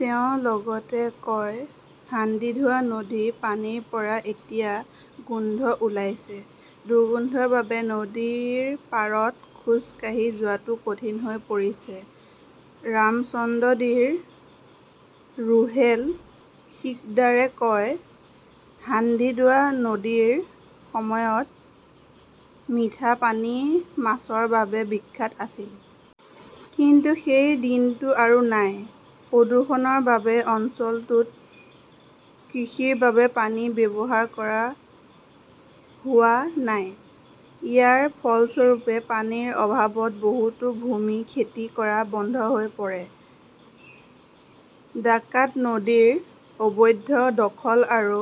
তেওঁ লগতে কয়, হাণ্ডিধোৱা নদীৰ পানীৰ পৰা এতিয়া গোন্ধ ওলাইছে। দুৰ্গন্ধৰ বাবে নদীৰ পাৰত খোজ কাঢ়ি যোৱাটো কঠিন হৈ পৰিছে। ৰামচন্দ্ৰদীৰ ৰোহেল সিকদাৰে কয়, হাণ্ডিধোৱা নদী এসময়ত মিঠা পানীৰ মাছৰ বাবে বিখ্যাত আছিল। কিন্তু সেই দিনটো আৰু নাই। প্ৰদূষণৰ বাবে অঞ্চলটোত কৃষিৰ বাবে পানী ব্যৱহাৰ কৰা হোৱা নাই। ইয়াৰ ফলস্বৰূপে পানীৰ অভাৱত বহুতো ভূমি খেতি কৰা বন্ধ হৈ পৰে। ডাকাত নদীৰ অবৈধ দখল আৰু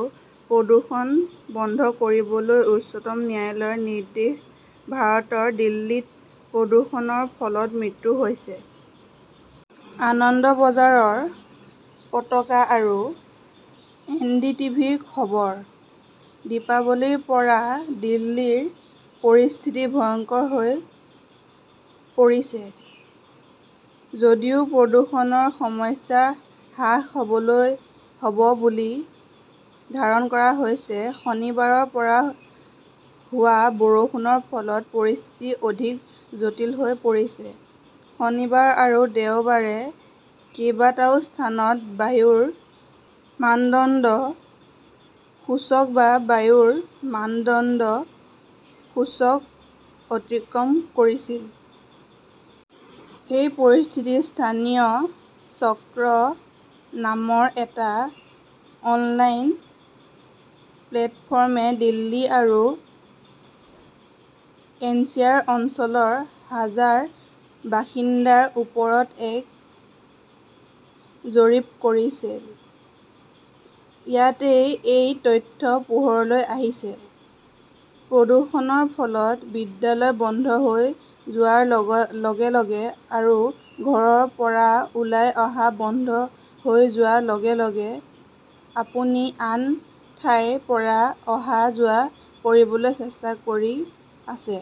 প্ৰদূষণ বন্ধ কৰিবলৈ উচ্চ ন্যায়ালয়ৰ নিৰ্দেশ ভাৰতৰ দিল্লীত প্ৰদূষণৰ ফলত মৃত্যু হৈছে। আনন্দবাজাৰ পত্ৰিকা আৰু এনডিটিভিৰ খবৰ। দীপাৱলীৰ পৰাই দিল্লীৰ পৰিস্থিতি ভয়ংকৰ হৈ পৰিছে। যদিও প্ৰদূষণ সামান্য হ্ৰাস হ'ব বুলি ধাৰণা কৰা হৈছে, শনিবাৰৰ পৰা হোৱা বৰষুণৰ ফলত পৰিস্থিতি অধিক জটিল হৈ পৰিছে। শনিবাৰ আৰু দেওবাৰে কেইবাটাও স্থানত বায়ুৰ মানদণ্ড সূচক বা বায়ুৰ মানদণ্ড সূচক অতিক্ৰম কৰিছিল। এই পৰিস্থিতিত স্থানীয় চক্ৰ নামৰ এটা অনলাইন প্লেটফৰ্মে দিল্লী আৰু এনচিআৰ অঞ্চলৰ হাজাৰ বাসিন্দাৰ ওপৰত এক জৰীপ কৰিছিল। ইয়াতেই এই তথ্য পোহৰলৈ আহিছে। প্ৰদূষণৰ ফলত বিদ্যালয় বন্ধ হৈ যোৱাৰ লগে লগে আৰু ঘৰৰ পৰা ওলাই অহা বন্ধ হৈ যোৱাৰ লগে লগে, আপুনি আন ঠাইৰ পৰা অহা-যোৱা কৰিবলৈ চেষ্টা কৰি আছে।